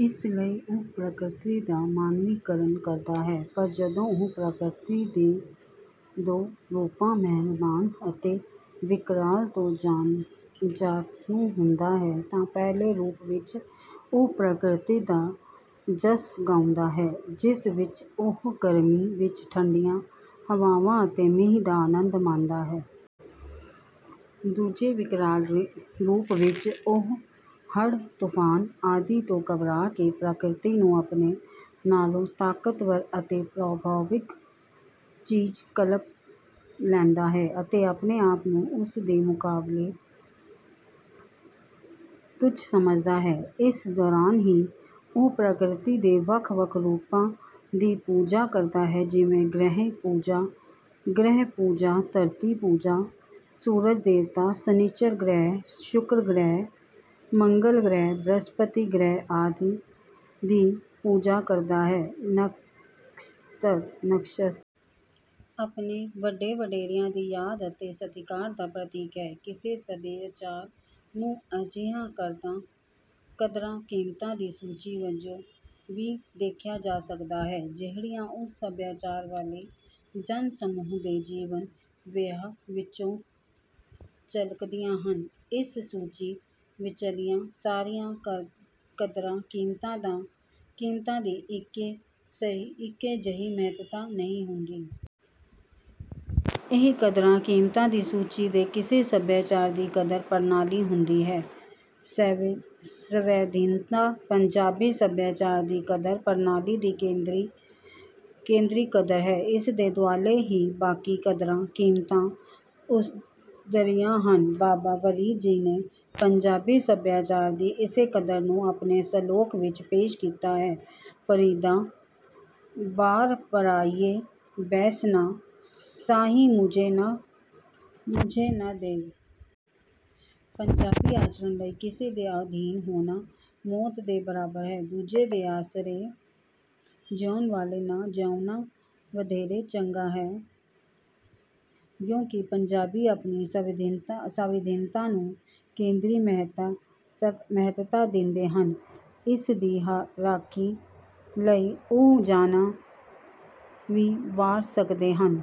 ਇਸ ਲਈ ਉਹ ਪ੍ਰਕਿਰਤੀ ਦਾ ਮਾਨਵੀਕਰਨ ਕਰਦਾ ਹੈ। ਪਰ ਜਦੋਂ ਉਹ ਪ੍ਰਕਿਰਤੀ ਦੇ ਦੋ ਰੂਪਾਂ ਮਿਹਰਬਾਨ ਅਤੇ ਵਿਕਰਾਲ ਤੋਂ ਜਾਣੂ ਹੁੰਦਾ ਹੈ, ਤਾਂ ਪਹਿਲੇ ਰੂਪ ਵਿੱਚ ਉਹ ਪ੍ਰਕਿਰਤੀ ਦਾ ਜਸ ਗਾਉਂਦਾ ਹੈ, ਜਿਸ ਵਿੱਚ ਉਹ ਗਰਮੀ ਵਿੱਚ ਠੰਢੀਆਂ ਹਵਾਵਾਂ ਅਤੇ ਮੀਂਹ ਦਾ ਆਨੰਦ ਮਾਣਦਾ ਹੈ। ਦੂਜੇ, ਵਿਕਰਾਲ ਰੂਪ ਵਿੱਚ ਉਹ ਹੜ੍ਹ, ਤੂਫ਼ਾਨ ਆਦਿ ਤੋਂ ਘਬਰਾ ਕੇ ਪ੍ਰਕਿਰਤੀ ਨੂੰ ਆਪਣੇ ਨਾਲੋਂ ਤਾਕਤਵਰ ਅਤੇ ਪਰਾਭੌਤਿਕ ਚੀਜ਼ ਕਲਪ ਲੈਂਦਾ ਹੈ ਅਤੇ ਆਪਣੇ ਆਪ ਨੂੰ ਉਸ ਦੇ ਮੁਕਾਬਲੇ ਤੁੱਛ ਸਮਝਦਾ ਹੈ। ਇਸ ਦੌਰਾਨ ਹੀ ਉਹ ਪ੍ਰਕਿਰਤੀ ਦੇ ਵੱਖ-ਵੱਖ ਰੂਪਾਂ ਦੀ ਪੂਜਾ ਕਰਦਾ ਹੈ, ਜਿਵੇਂ—ਗ੍ਰਹਿ-ਪੂਜਾ, ਧਰਤੀ-ਪੂਜਾ, ਸੂਰਜ-ਦੇਵਤਾ, ਸ਼ਨਿਚਰ ਗ੍ਰਹਿ, ਸ਼ੁੱਕਰ ਗ੍ਰਹਿ, ਮੰਗਲ ਗ੍ਰਹਿ, ਬ੍ਰਹਿਸਪਤੀ ਗ੍ਰਹਿ ਆਦਿ ਦੀ ਪੂਜਾ ਕਰਦਾ ਹੈ। ਨਕਸ਼ਤਰ ਆਪਣੇ ਵੱਡੇ-ਵਡੇਰਿਆਂ ਦੀ ਯਾਦ ਅਤੇ ਸਤਿਕਾਰ ਦਾ ਪ੍ਰਤੀਕ ਹੈ। ਕਿਸੇ ਸਭਿਆਚਾਰ ਨੂੰ ਅਜਿਹੀਆਂ ਕਦਰਾਂ-ਕੀਮਤਾਂ ਦੀ ਸੂਚੀ ਵਜੋਂ ਵੀ ਦੇਖਿਆ ਜਾ ਸਕਦਾ ਹੈ, ਜਿਹੜੀਆਂ ਉਸ ਸਭਿਆਚਾਰ ਵਾਲੇ ਜਨ-ਸਮੂਹ ਦੇ ਜੀਵਨ-ਵਿਹਾਰ ਵਿੱਚੋਂ ਝਲਕਦੀਆਂ ਹਨ। ਇਸ ਸੂਚੀ ਵਿੱਚਲੀਆਂ ਸਾਰੀਆਂ ਕਦਰਾਂ-ਕੀਮਤਾਂ ਦੀ ਇੱਕੇ ਜਿਹੀ ਮਹੱਤਤਾ ਨਹੀਂ ਹੁੰਦੀ। ਇਹ ਕਦਰਾਂ-ਕੀਮਤਾਂ ਦੀ ਸੂਚੀ ਦੇ ਕਿਸੇ ਸਭਿਆਚਾਰ ਦੀ ਕਦਰ-ਪ੍ਰਣਾਲੀ ਹੁੰਦੀ ਹੈ। ਸਵੈਧੀਨਤਾ ਪੰਜਾਬੀ ਸਭਿਆਚਾਰ ਦੀ ਕਦਰ-ਪ੍ਰਣਾਲੀ ਦੀ ਕੇਂਦਰੀ ਕਦਰ ਹੈ। ਇਸ ਦੇ ਦੁਆਲੇ ਹੀ ਬਾਕੀ ਕਦਰਾਂ-ਕੀਮਤਾਂ ਉਸਰਦੀਆਂ ਹਨ। ਬਾਬਾ ਫ਼ਰੀਦ ਜੀ ਨੇ ਪੰਜਾਬੀ ਸਭਿਆਚਾਰ ਦੀ ਇਸੇ ਕਦਰ ਨੂੰ ਆਪਣੇ ਸਲੋਕ ਵਿੱਚ ਪੇਸ਼ ਕੀਤਾ ਹੈ ਫਰੀਦਾ ਬਾਰਿ ਪਰਾਇਐ ਬੈਸਣਾ, ਸਾਈਂ ਮੁਝੈ ਨ ਦੇਹਿ। ਪੰਜਾਬੀ ਆਚਰਨ ਲਈ ਕਿਸੇ ਦੇ ਅਧੀਨ ਹੋਣਾ ਮੌਤ ਦੇ ਬਰਾਬਰ ਹੈ। ਦੂਜੇ ਦੇ ਆਸਰੇ ਜੀਊਣ ਨਾਲੋਂ ਨਾ ਜੀਊਣਾ ਵਧੇਰੇ ਚੰਗਾ ਹੈ, ਕਿਉਂਕਿ ਪੰਜਾਬੀ ਆਪਣੀ ਸਵੈਧੀਨਤਾ ਨੂੰ ਕੇਂਦਰੀ ਮਹੱਤਤਾ ਦਿੰਦੇ ਹਨ। ਇਸ ਦੀ ਰਾਖੀ ਲਈ ਉਹ ਜਾਨਾਂ ਵੀ ਵਾਰ ਸਕਦੇ ਹਨ।